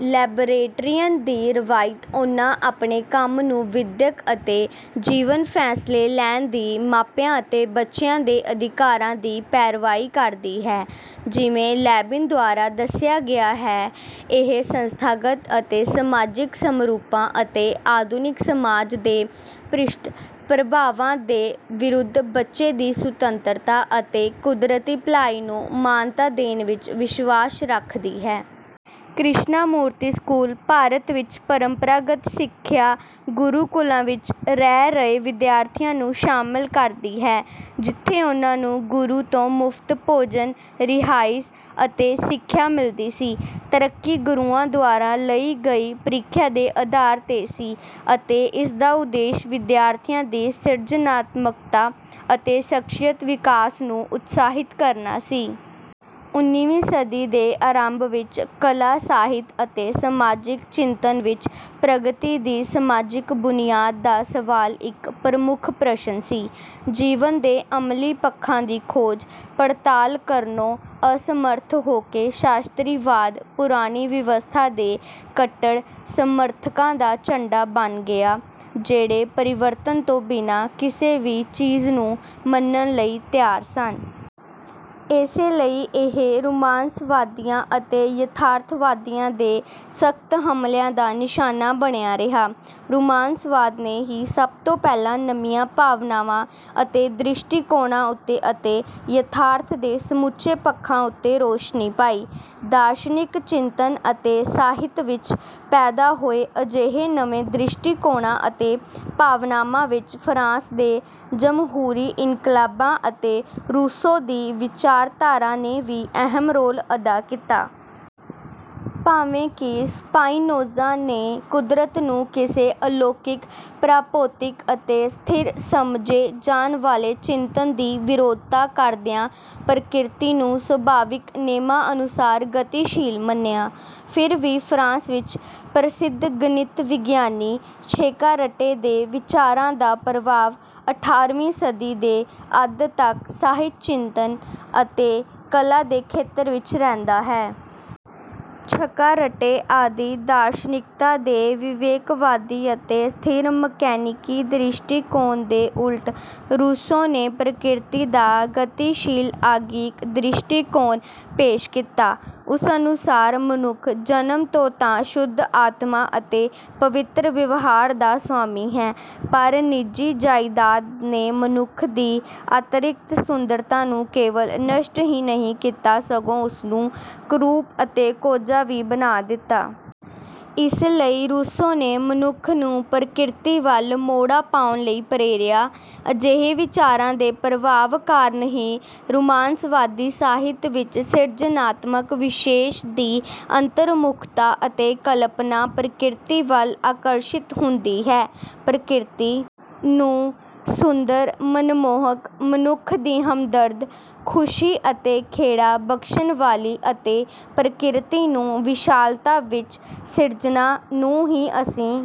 Libertarian ਦੀ ਰਵਾਇਤ ਉਨ੍ਹਾਂ ਆਪਣੇ ਕੰਮ ਨੂੰ ਵਿਦਿਅਕ ਅਤੇ ਜੀਵਨ ਫੈਸਲੇ ਲੈਣ ਦੀ ਮਾਪਿਆਂ ਅਤੇ ਬੱਚਿਆਂ ਦੇ ਅਧਿਕਾਰਾਂ ਦੀ ਪੈਰਵਾਈ ਕਰਦੀ ਹੈ। ਜਿਵੇਂ ਲੇਵਿਨ ਦੁਆਰਾ ਦੱਸਿਆ ਗਿਆ ਹੈ ਇਹ ਸੰਸਥਾਗਤ ਅਤੇ ਸਮਾਜਿਕ ਸਮਰੂਪਤਾ ਅਤੇ ਆਧੁਨਿਕ ਸਮਾਜ ਦੇ ਭ੍ਰਿਸ਼ਟ ਪ੍ਰਭਾਵਾਂ ਦੇ ਵਿਰੁੱਧ ਬੱਚੇ ਦੀ ਸੁਤੰਤਰਤਾ ਅਤੇ ਕੁਦਰਤੀ ਭਲਾਈ ਨੂੰ ਮਾਨਤਾ ਦੇਣ ਵਿੱਚ ਵਿਸ਼ਵਾਸ ਰਖਦੀ ਹੈ। ਕ੍ਰਿਸ਼ਨਾਮੂਰਤੀ ਸਕੂਲ। ਭਾਰਤ ਵਿੱਚ ਪ੍ਰੰਪਰਾਗਤ ਸਿੱਖਿਆ ਗੁਰੂਕੁਲਾਂ ਵਿੱਚ ਰਹਿ ਰਹੇ ਵਿਦਿਆਰਥੀਆਂ ਨੂੰ ਸ਼ਾਮਲ ਕਰਦੀ ਹੈ ਜਿੱਥੇ ਉਨ੍ਹਾਂ ਨੂੰ ਗੁਰੂ ਤੋਂ ਮੁਫਤ ਭੋਜਨ ਰਿਹਾਇਸ਼ ਅਤੇ ਸਿੱਖਿਆ ਮਿਲਦੀ ਸੀ। ਤਰੱਕੀ ਗੁਰੂਆਂ ਦੁਆਰਾ ਲਈ ਗਈ ਪ੍ਰੀਖਿਆ ਦੇ ਆਧਾਰ ਤੇ ਸੀ ਅਤੇ ਇਸਦਾ ਉਦੇਸ਼ ਵਿਦਿਆਰਥੀਆਂ ਦੀ ਸਿਰਜਣਾਤਮਕਤਾ ਅਤੇ ਸ਼ਖਸੀਅਤ ਵਿਕਾਸ ਨੂੰ ਉਤਸ਼ਾਹਿਤ ਕਰਨਾ ਸੀ। ਉਨੀਵੀਂ ਸਦੀ ਦੇ ਆਰੰਭ ਵਿੱਚ ਕਲਾ ਸਾਹਿਤ ਅਤੇ ਸਮਾਜਿਕ ਚਿੰਤਨ ਵਿੱਚ ਪ੍ਰਗਤੀ ਦੀ ਸਮਾਜਿਕ ਬੁਨਿਆਦ ਦਾ ਸਵਾਲ ਇੱਕ ਪ੍ਰਮੁੱਖ ਪ੍ਰਸ਼ਨ ਸੀ। ਜੀਵਨ ਦੇ ਅਮਲੀ ਪੱਖਾਂ ਦੀ ਖੋਜ ਪੜਤਾਲ ਕਰਨੋਂ ਅਸਮਰੱਥ ਹੋ ਕੇ ਸ਼ਾਸਤਰੀਵਾਦ ਪੁਰਾਣੀ ਵਿਵਸਥਾ ਦੇ ਕੱਟੜ ਸਮਰਥਕਾਂ ਦਾ ਝੰਡਾ ਬਣ ਗਿਆ ਜਿਹੜੇ ਪਰਿਵਰਤਨ ਤੋਂ ਬਿਨਾਂ ਕਿਸੇ ਵੀ ਚੀਜ਼ ਨੂੰ ਮੰਨਣ ਲਈ ਤਿਆਰ ਸਨ। ਇਸੇ ਲਈ ਇਹ ਰੁਮਾਂਸਵਾਦੀਆਂ ਅਤੇ ਯਥਾਰਥਵਾਦੀਆਂ ਦੇ ਸਖਤ ਹਮਲਿਆਂ ਦਾ ਨਿਸ਼ਾਨਾ ਬਣਿਆ ਰਿਹਾ। ਰੁਮਾਂਸਵਾਦ ਨੇ ਹੀ ਸਭ ਤੋਂ ਪਹਿਲਾਂ ਨਵੀਆਂ ਭਾਵਨਾਵਾਂ ਅਤੇ ਦ੍ਰਿਸ਼ਟੀਕੋਣਾਂ ਉੱਤੇ ਅਤੇ ਯਥਾਰਥ ਦੇ ਸਮੁੱਚੇ ਪੱਖਾਂ ਉੱਤੇ ਰੌਸ਼ਨੀ ਪਾਈ। ਦਾਰਸ਼ਨਿਕ ਚਿੰਤਨ ਅਤੇ ਸਾਹਿਤ ਵਿੱਚ ਪੈਦਾ ਹੋਏ ਅਜਿਹੇ ਨਵੇਂ ਦ੍ਰਿਸ਼ਟੀਕੋਣਾਂ ਅਤੇ ਭਾਵਨਾਵਾਂ ਵਿੱਚ ਫਰਾਂਸ ਦੇ ਜਮਹੂਰੀ ਇਨਕਲਾਬਾਂ ਅਤੇ ਰੂਸੋ ਦੀ ਵਿਚਾਰਧਾਰਾ ਨੇ ਵੀ ਅਹਿਮ ਰੋਲ ਅਦਾ ਕੀਤਾ। ਭਾਵੇਂ ਕਿ ਸਪਾਈਨੋਜ਼ਾ ਨੇ ਕੁਦਰਤ ਨੂੰ ਕਿਸੇ ਅਲੌਕਿਕ ਪਰਾਭੌਤਿਕ ਅਤੇ ਸਥਿਰ ਸਮਝੇ ਜਾਣ ਵਾਲੇ ਚਿੰਤਨ ਦੀ ਵਿਰੋਧਤਾ ਕਰਦਿਆਂ ਪ੍ਰਕਿਰਤੀ ਨੂੰ ਸੁਭਾਵਿਕ ਨੇਮਾਂ ਅਨੁਸਾਰ ਗਤੀਸ਼ੀਲ ਮੰਨਿਆ। ਫਿਰ ਵੀ ਫਰਾਂਸ ਵਿੱਚ ਪ੍ਰਸਿੱਧ ਗਣਿਤ ਵਿਗਿਆਨੀ ਛੇਕਾਰਟੇ ਦੇ ਵਿਚਾਰਾਂ ਦਾ ਪ੍ਰਭਾਵ ਅਠਾਰ੍ਹਵੀਂ ਸਦੀ ਦੇ ਅੱਧ ਤੱਕ ਸਾਹਿਤ ਚਿੰਤਨ ਅਤੇ ਕਲਾ ਦੇ ਖੇਤਰ ਵਿੱਚ ਰਹਿੰਦਾ ਹੈ। ਛੇਕਾਰਟੇ ਆਦਿ ਦਾਰਸ਼ਨਿਕਤਾ ਦੇ ਵਿਵੇਕਵਾਦੀ ਅਤੇ ਸਥਿਰ ਮਕੈਨੀਕੀ ਦ੍ਰਿਸ਼ਟੀਕੋਣ ਦੇ ਉਲਟ ਰੂਸੋ ਨੇ ਪ੍ਰਕਿਰਤੀ ਦਾ ਗਤੀਸ਼ੀਲ ਆਂਗਿਕ ਦ੍ਰਿਸ਼ਟੀਕੋਣ ਪੇਸ਼ ਕੀਤਾ। ਉਸ ਅਨੁਸਾਰ ਮਨੁੱਖ ਜਨਮ ਤੋਂ ਤਾਂ ਸ਼ੁੱਧ ਆਤਮਾ ਅਤੇ ਪਵਿੱਤਰ ਵਿਵਹਾਰ ਦਾ ਸੁਆਮੀ ਹੈ ਪਰ ਨਿੱਜੀ ਜਾਇਦਾਦ ਨੇ ਮਨੁੱਖ ਦੀ ਆਂਤਰਿਕ ਸੁੰਦਰਤਾ ਨੂੰ ਕੇਵਲ ਨਸ਼ਟ ਹੀ ਨਹੀਂ ਕੀਤਾ ਸਗੋਂ ਉਸਨੂੰ ਕਰੂਪ ਅਤੇ ਕੋਝਾ ਵੀ ਬਣਾ ਦਿੱਤਾ। ਇਸ ਲਈ ਰੂਸੋ ਨੇ ਮਨੁੱਖ ਨੂੰ ਪ੍ਰਕਿਰਤੀ ਵੱਲ ਮੋੜਾ ਪਾਉਣ ਲਈ ਪ੍ਰੇਰਿਆ। ਅਜਿਹੇ ਵਿਚਾਰਾਂ ਦੇ ਪ੍ਰਭਾਵ ਕਾਰਨ ਹੀ ਰੁਮਾਂਸਵਾਦੀ ਸਾਹਿਤ ਵਿੱਚ ਸਿਰਜਣਾਤਮਕ ਵਿਸ਼ੇਸ਼ ਦੀ ਅੰਤਰਮੁੱਖਤਾ ਅਤੇ ਕਲਪਨਾ ਪ੍ਰਕਿਰਤੀ ਵੱਲ ਆਕਰਸ਼ਿਤ ਹੁੰਦੀ ਹੈ। ਪ੍ਰਕਿਰਤੀ ਨੂੰ ਸੁੰਦਰ ਮਨਮੋਹਕ ਮਨੁੱਖ ਦੀ ਹਮਦਰਦ ਖੁਸ਼ੀ ਅਤੇ ਖੇੜਾ ਬਖਸ਼ਣ ਵਾਲੀ ਅਤੇ ਪ੍ਰਕਿਰਤੀ ਨੂੰ ਵਿਸ਼ਾਲਤਾ ਵਿੱਚ ਸਿਰਜਣਾ ਨੂੰ ਹੀ ਅਸੀਂ